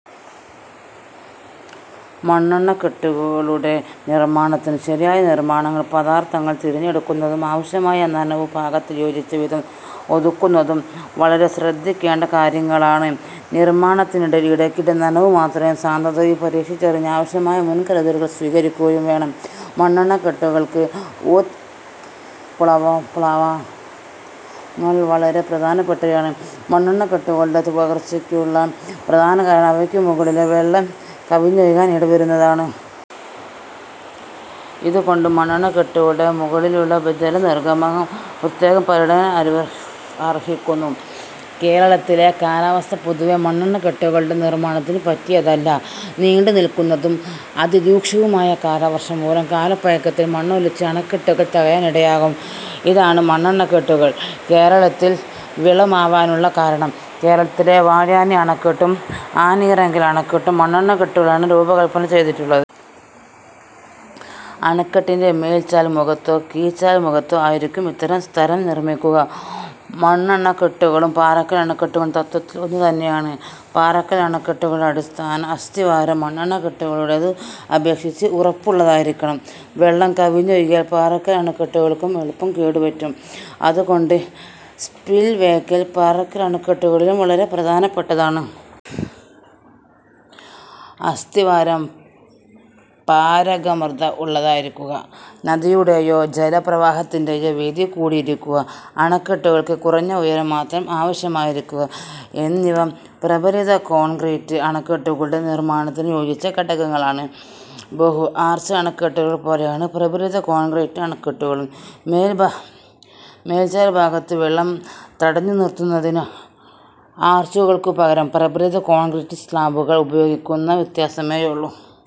മണ്ണണക്കെട്ടുകളുടെ നിർമ്മാണത്തിൽ ശരിയായ നിർമ്മാണ പദാർഥങ്ങൾ തിരഞ്ഞെടുക്കുന്നതും ആവശ്യമായ 'നനവു പാക'ത്തിൽ യോജിച്ച വിധം ഒതുക്കുന്നതും വളരെ ശ്രദ്ധിക്കേണ്ട കാര്യങ്ങളാണ്. നിർമ്മാണത്തിനിടയിൽ ഇടയ്ക്കിടെ നനവു മാത്രയും സാന്ദ്രതയും പരീക്ഷിച്ചറിഞ്ഞ് ആവശ്യമായ മുൻകരുതലുകൾ സ്വീകരിക്കുകയും വേണം. മണ്ണണക്കെട്ടുകൾക്ക് ഉത്പ്ളാവങ്ങൾ വളരെ പ്രധാനപ്പെട്ടവയാണ്. മണ്ണണക്കെട്ടുകളുടെ തകർച്ചയ്ക്കുള്ള പ്രധാന കാരണം അവയ്ക്കു മുകളിലൂടെ വെള്ളം കവിഞ്ഞൊഴുകാൻ ഇടവരുന്നതാണ്. ഇതു കൊണ്ട് മണ്ണണക്കെട്ടുകളുടെ മുകളിലൂടെയുള്ള ജല നിർഗമം പ്രത്യേകം പരിഗണന അർഹിക്കുന്നു. കേരളത്തിലെ കാലാവസ്ഥ പൊതുവേ മണ്ണണക്കെട്ടുകളുടെ നിർമ്മാണത്തിന് പറ്റിയതല്ല. നീണ്ടു നില്ക്കുന്നതും അതിരൂക്ഷവുമായ കാലവർഷം മൂലം കാലപ്പഴക്കത്തിൽ മണ്ണൊലിച്ച് അണക്കെട്ടുകൾ തകരാൻ ഇടയാകും. ഇതാണ് മണ്ണണക്കെട്ടുകൾ കേരളത്തിൽ വിരളമാവാനുള്ള കാരണം. കേരളത്തിലെ 'വാഴാനി' അണക്കെട്ടും 'ആനയിറങ്കൽ' അണക്കെട്ടും മണ്ണണക്കെട്ടുകളായാണ് രൂപകല്പന ചെയ്തിട്ടുള്ളത്. അണക്കെട്ടിന്റെ മേൽചാൽ മുഖത്തോ കീഴ്ചാൽ മുഖത്തോ ആയിരിക്കും ഇത്തരം സ്തരം നിർമ്മിക്കുക. മണ്ണണക്കെട്ടുകളും പാറക്കൽ അണക്കെട്ടുകളും തത്ത്വത്തിൽ ഒന്നു തന്നെയാണ്. പാറക്കൽ അണക്കെട്ടുകളുടെ അസ്ഥിവാരം മണ്ണണക്കെട്ടുകളുടേതിനെ അപേക്ഷിച്ച് ഉറപ്പുള്ളതായിരിക്കണം. വെള്ളം കവിഞ്ഞൊഴുകിയാൽ പാറക്കൽ അണക്കെട്ടുകൾക്കും എളുപ്പം കേടു പറ്റും. അതുകൊണ്ടു സ്പിൽവേകൾ പാറക്കൽ അണക്കെട്ടുകളിലും വളരെ പ്രധാനപ്പെട്ടതാണ്. അസ്ഥിവാരം പാരഗമ്യത ഉള്ളതായിരിക്കുക, നദിയുടെയോ ജല പ്രവാഹത്തിന്റെയോ വീതി കൂടിയിരിക്കുക, അണക്കെട്ടുകൾക്ക് കുറഞ്ഞ ഉയരം മാത്രം ആവശ്യമായിരിക്കുക എന്നിവ പ്രബലിത കോൺക്രീറ്റ് അണക്കെട്ടുകളുടെ നിർമ്മാണത്തിന് യോജിച്ച ഘടകങ്ങളാണ്. ബഹു-ആർച്ച് അണക്കെട്ടുകൾ പോലെയാണ് പ്രബലിത കോൺക്രീറ്റ ണക്കെട്ടുകളും. മേൽചാൽഭാഗത്ത് വെള്ളം തടഞ്ഞുനിർത്തുന്നതിന് ആർച്ചുകൾക്കുപകരം പ്രബലിത കോൺക്രീറ്റ് സ്ളാബുകൾ ഉപയോഗിക്കുന്നെന്ന വ്യത്യാസമേയുള്ളു.